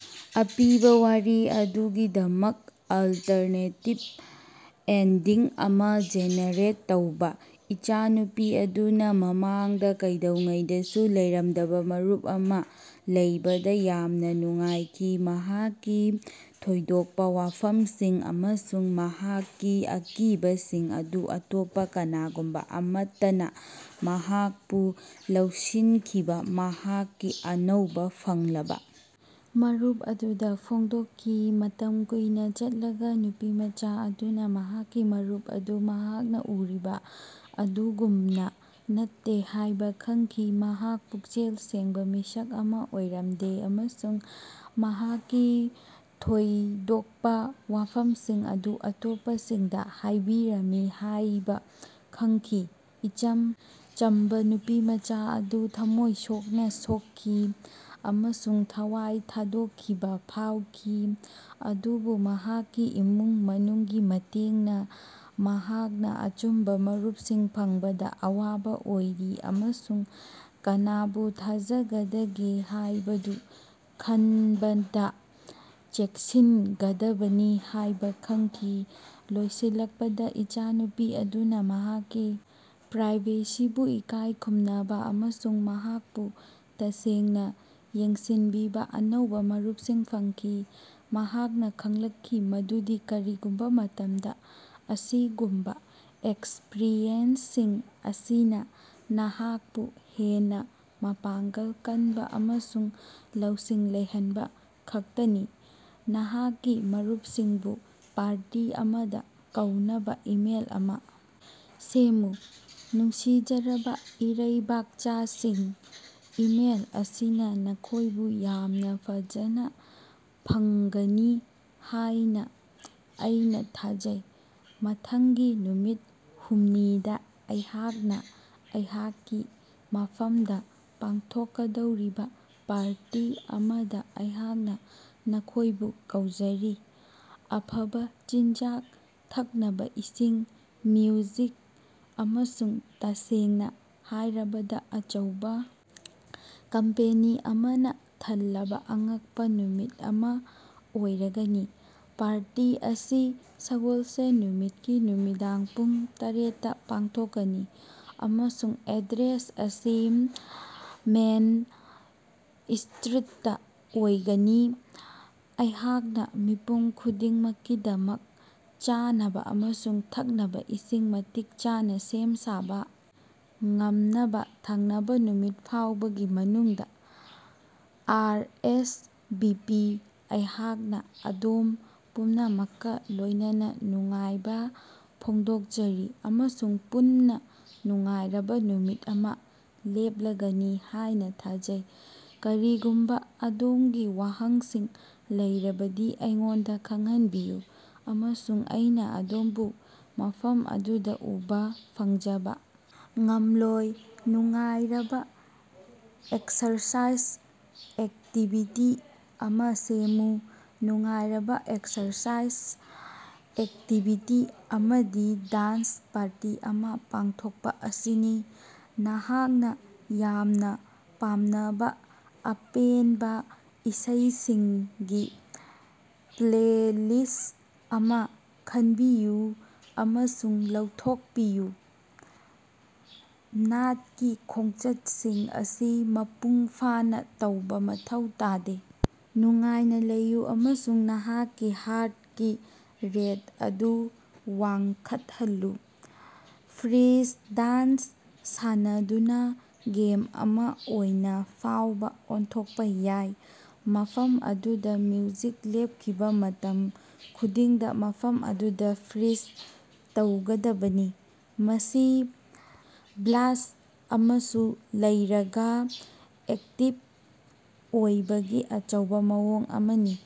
ꯑꯄꯤꯕ ꯋꯥꯔꯤ ꯑꯗꯨꯒꯤꯗꯃꯛ ꯑꯜꯇꯔꯅꯦꯇꯤꯕ ꯑꯦꯟꯗꯤꯡ ꯑꯃ ꯖꯦꯅꯦꯔꯦꯠ ꯇꯧꯕ꯫ ꯏꯆꯥꯅꯨꯄꯤ ꯑꯗꯨꯅ ꯃꯃꯥꯡꯗ ꯀꯩꯗꯧꯉꯩꯗꯁꯨ ꯂꯩꯔꯝꯗꯕ ꯃꯔꯨꯞ ꯑꯃ ꯂꯩꯕꯗ ꯌꯥꯝꯅ ꯅꯨꯡꯉꯥꯏꯈꯤ꯫ ꯃꯍꯥꯛꯀꯤ ꯊꯣꯏꯗꯣꯛꯄ ꯋꯥꯐꯝꯁꯤꯡ ꯑꯃꯁꯨꯡ ꯃꯍꯥꯛꯀꯤ ꯑꯀꯤꯕꯁꯤꯡ ꯑꯗꯨ ꯑꯇꯣꯞꯄ ꯀꯅꯥꯒꯨꯝꯕ ꯑꯃꯠꯇꯅ ꯃꯍꯥꯛꯄꯨ ꯂꯧꯁꯤꯟꯈꯤꯕ ꯃꯍꯥꯛꯀꯤ ꯑꯅꯧꯕ ꯐꯪꯂꯕ ꯃꯔꯨꯞ ꯑꯗꯨꯗ ꯐꯣꯡꯗꯣꯛꯈꯤ꯫ ꯃꯇꯝ ꯀꯨꯏꯅ ꯆꯠꯂꯒ ꯅꯨꯄꯤꯃꯆꯥ ꯑꯗꯨꯅ ꯃꯍꯥꯛꯀꯤ ꯃꯔꯨꯞ ꯑꯗꯨ ꯃꯍꯥꯛꯅ ꯎꯔꯤꯕ ꯑꯗꯨꯒꯨꯝꯅ ꯅꯠꯇꯦ ꯍꯥꯏꯕ ꯈꯪꯈꯤ꯫ ꯃꯍꯥꯛ ꯄꯨꯛꯆꯦꯜ ꯁꯦꯡꯕ ꯃꯤꯁꯛ ꯑꯃ ꯑꯣꯏꯔꯝꯗꯦ ꯑꯃꯁꯨꯡ ꯃꯍꯥꯛꯀꯤ ꯊꯣꯏꯗꯣꯛꯄ ꯋꯥꯐꯝꯁꯤꯡ ꯑꯗꯨ ꯑꯇꯣꯞꯄꯁꯤꯡꯗ ꯍꯥꯏꯕꯤꯔꯝꯃꯤ ꯍꯥꯏꯕ ꯈꯪꯈꯤ꯫ ꯏꯆꯝ ꯆꯝꯕ ꯅꯨꯄꯤꯃꯆꯥ ꯑꯗꯨ ꯊꯝꯃꯣꯏ ꯁꯣꯛꯅ ꯁꯣꯛꯈꯤ ꯑꯃꯁꯨꯡ ꯊꯋꯥꯏ ꯊꯥꯗꯣꯛꯈꯤꯕ ꯐꯥꯎꯈꯤ꯫ ꯑꯗꯨꯕꯨ, ꯃꯍꯥꯛꯀꯤ ꯏꯃꯨꯡ ꯃꯅꯨꯡꯒꯤ ꯃꯇꯦꯡꯅ ꯃꯍꯥꯛꯅ ꯑꯆꯨꯝꯕ‌ ꯃꯔꯨꯞꯁꯤꯡ ꯐꯪꯕꯗ ꯑꯋꯥꯕ ꯑꯣꯏꯔꯤ ꯑꯃꯁꯨꯡ ꯀꯅꯥꯕꯨ ꯊꯥꯖꯒꯗꯒꯦ ꯍꯥꯏꯕꯗꯨ ꯈꯟꯕꯗ ꯆꯦꯛꯁꯤꯟꯒꯗꯕꯅꯤ ꯍꯥꯏꯕ ꯈꯪꯈꯤ꯫ ꯂꯣꯏꯁꯤꯜꯂꯛꯄꯗ, ꯏꯆꯥꯅꯨꯄꯤ ꯑꯗꯨꯅ ꯃꯍꯥꯛꯀꯤ ꯄ꯭ꯔꯥꯏꯚꯦꯁꯤꯕꯨ ꯏꯀꯥꯏ ꯈꯨꯝꯅꯕ ꯑꯃꯁꯨꯡ ꯃꯍꯥꯛꯄꯨ ꯇꯁꯦꯡꯅ ꯌꯦꯡꯁꯤꯟꯕꯤꯕ ꯑꯅꯧꯕ ꯃꯔꯨꯞꯁꯤꯡ ꯐꯪꯈꯤ꯫ ꯃꯍꯥꯛꯅ ꯈꯪꯂꯛꯈꯤ ꯃꯗꯨꯗꯤ ꯀꯔꯤꯒꯨꯝꯕ ꯃꯇꯝꯗ, ꯑꯁꯤꯒꯨꯝꯕ ꯑꯦꯛꯁꯄ꯭ꯔꯤꯌꯦꯟꯁꯁꯤꯡ ꯑꯁꯤꯅ ꯅꯍꯥꯛꯄꯨ ꯍꯦꯟꯅ ꯃꯄꯥꯡꯒꯜ ꯀꯟꯕ ꯑꯃꯁꯨꯡ ꯂꯧꯁꯤꯡ ꯂꯩꯍꯟꯕ ꯈꯛꯇꯅꯤ꯫ ꯅꯍꯥꯛꯀꯤ ꯃꯔꯨꯞꯁꯤꯡꯕꯨ ꯄꯥꯔꯇꯤ ꯑꯃꯗ‌ ꯀꯧꯅꯕ ꯏꯃꯦꯜ ꯑꯃ ꯁꯦꯝꯃꯨ꯫ ꯅꯨꯡꯁꯤꯖꯔꯕꯥ ꯏꯔꯩꯕꯥꯛꯆꯥꯁꯤꯡ, ꯏꯃꯦꯜ ꯑꯁꯤꯅ ꯅꯈꯣꯏꯕꯨ ꯌꯥꯝꯅ ꯐꯖꯅ ꯐꯪꯒꯅꯤ ꯍꯥꯏꯅ ꯑꯩꯅ ꯊꯥꯖꯩ꯫ ꯃꯊꯪꯒꯤ ꯅꯨꯃꯤꯠ ꯍꯨꯝꯅꯤꯗ ꯑꯩꯍꯥꯛꯅ ꯑꯩꯍꯥꯛꯀꯤ ꯃꯐꯝꯗ ꯄꯥꯡꯊꯣꯛꯀꯗꯧꯔꯤꯕ ꯄꯥꯔꯇꯤ ꯑꯃꯗ ꯑꯩꯍꯥꯛꯅ ꯅꯈꯣꯏꯕꯨ ꯀꯧꯖꯔꯤ꯫ ꯑꯐꯕ‌ ꯆꯤꯟꯖꯥꯛ, ꯊꯛꯅꯕꯥ ꯏꯁꯤꯡ, ꯃ꯭ꯌꯨꯖꯤꯛ, ꯑꯃꯁꯨꯡ ꯇꯁꯦꯡꯅ ꯍꯥꯏꯔꯕꯗ ꯑꯆꯧꯕ ꯀꯝꯄꯦꯅꯤ ꯑꯃꯅ ꯊꯜꯂꯕ ꯑꯉꯛꯄ ꯅꯨꯃꯤꯠ ꯑꯃ ꯑꯣꯏꯔꯒꯅꯤ꯫ ꯄꯥꯔꯇꯤ ꯑꯁꯤ ꯁꯒꯣꯜꯁꯦꯟ ꯅꯨꯃꯤꯠꯀꯤ ꯅꯨꯃꯤꯗꯥꯡ ꯄꯨꯡ ꯇꯔꯦꯠ ꯇꯥ ꯄꯥꯡꯊꯣꯛꯀꯅꯤ, ꯑꯃꯁꯨꯡ ꯑꯦꯗ꯭ꯔꯦꯁ ꯑꯁꯤ ꯃꯦꯟ ꯁ꯭ꯇꯔꯤꯠꯇꯥ ꯑꯣꯏꯒꯅꯤ꯫ ꯑꯩꯍꯥꯛꯅ ꯃꯤꯄꯨꯝ ꯈꯨꯗꯤꯡꯃꯛꯀꯤꯗꯃꯛ ꯆꯥꯅꯕ ꯑꯃꯁꯨꯡ ꯊꯛꯅꯕ ꯏꯁꯤꯡ ꯃꯇꯤꯛ ꯆꯥꯅ ꯁꯦꯝ ꯁꯥꯕ ꯉꯝꯅꯕ ꯊꯪꯅꯕ ꯅꯨꯃꯤꯠ ꯐꯥꯎꯕꯒꯤ ꯃꯅꯨꯡꯗ ,ꯑꯥꯔꯑꯦꯁꯚꯤꯄꯤ ꯑꯩꯍꯥꯛꯅ ꯑꯗꯣꯝ ꯄꯨꯝꯅꯃꯛꯀ ꯂꯣꯏꯅꯅ ꯅꯨꯡꯉꯥꯏꯕ ꯐꯣꯡꯗꯣꯛꯆꯔꯤ ꯑꯃꯁꯨꯡ ꯄꯨꯟꯅ ꯅꯨꯡꯉꯥꯏꯔꯕ ꯅꯨꯃꯤꯠ ꯑꯃ ꯂꯦꯞꯂꯒꯅꯤ ꯍꯥꯏꯅ ꯊꯥꯖꯩ꯫ ꯀꯔꯤꯒꯨꯝꯕ ꯑꯗꯣꯝꯒꯤ ꯋꯥꯍꯪꯁꯤꯡ ꯂꯩꯔꯕꯗꯤ ꯑꯩꯉꯣꯟꯗ ꯈꯪꯍꯟꯕꯤꯌꯨ, ꯑꯃꯁꯨꯡ ꯑꯩꯅ ꯑꯗꯣꯝꯕꯨ ꯃꯐꯝ ꯑꯗꯨꯗ ꯎꯕ ꯐꯪꯖꯕ ꯉꯝꯂꯣꯏ꯫ ꯅꯨꯡꯉꯥꯏꯔꯕ ꯑꯦꯛꯁꯔꯁꯥꯏꯖ ꯑꯦꯛꯇꯤꯚꯤꯇꯤ ꯑꯃ ꯁꯦꯝꯃꯨ꯫ ꯅꯨꯡꯉꯥꯏꯔꯕ ꯑꯦꯛꯁꯔꯁꯥꯏꯖ ꯑꯦꯛꯇꯤꯕꯤꯇꯤ ꯑꯃꯗꯤ ꯗꯥꯟꯁ ꯄꯥꯔꯇꯤ ꯑꯃ ꯄꯥꯡꯊꯣꯛꯄ ꯑꯁꯤꯅꯤ꯫ ꯅꯍꯥꯛꯅ ꯌꯥꯝꯅ ꯄꯥꯝꯅꯕ ꯑꯄꯦꯟꯕ ꯏꯁꯩꯁꯤꯡꯒꯤ ꯄ꯭ꯂꯦꯂꯤꯁ꯭ꯠ ꯑꯃ ꯈꯟꯕꯤꯌꯨ ꯑꯃꯁꯨꯡ ꯂꯧꯊꯣꯛꯄꯤꯌꯨ꯫ ꯅꯥꯠꯀꯤ ꯈꯣꯡꯆꯠꯁꯤꯡ ꯑꯁꯤ ꯃꯄꯨꯡ ꯐꯥꯅ ꯇꯧꯕ ꯃꯊꯧ ꯇꯥꯗꯦ, ꯅꯨꯡꯉꯥꯏꯅ ꯂꯩꯌꯨ ꯑꯃꯁꯨꯡ ꯅꯍꯥꯛꯀꯤ ꯍꯥꯔ꯭ꯠꯀꯤ ꯔꯦꯠ ꯑꯗꯨ ꯋꯥꯡꯈꯠꯍꯜꯂꯨ꯫ ꯐ꯭ꯔꯤꯖ ꯗꯥꯟꯁ ꯁꯥꯟꯅꯗꯨꯅ ꯒꯦꯝ ꯑꯃ ꯑꯣꯏꯅ ꯐꯥꯎꯕ ꯑꯣꯟꯊꯣꯛꯄ ꯌꯥꯏ, ꯃꯐꯝ ꯑꯗꯨꯗ ꯃ꯭ꯌꯨꯖꯤꯛ ꯂꯦꯞꯈꯤꯕ ꯃꯇꯝ ꯈꯨꯗꯤꯡꯗ ꯃꯐꯝ ꯑꯗꯨꯗ ꯐ꯭ꯔꯤꯖ ꯇꯧꯒꯗꯕꯅꯤ꯫ ꯃꯁꯤ ꯕ꯭ꯂꯥꯁ꯭ꯠ ꯑꯃꯁꯨ ꯂꯩꯔꯒ ꯑꯦꯛꯇꯤꯕ ꯑꯣꯏꯕꯒꯤ ꯑꯆꯧꯕ ꯃꯑꯣꯡ ꯑꯃꯅꯤ꯫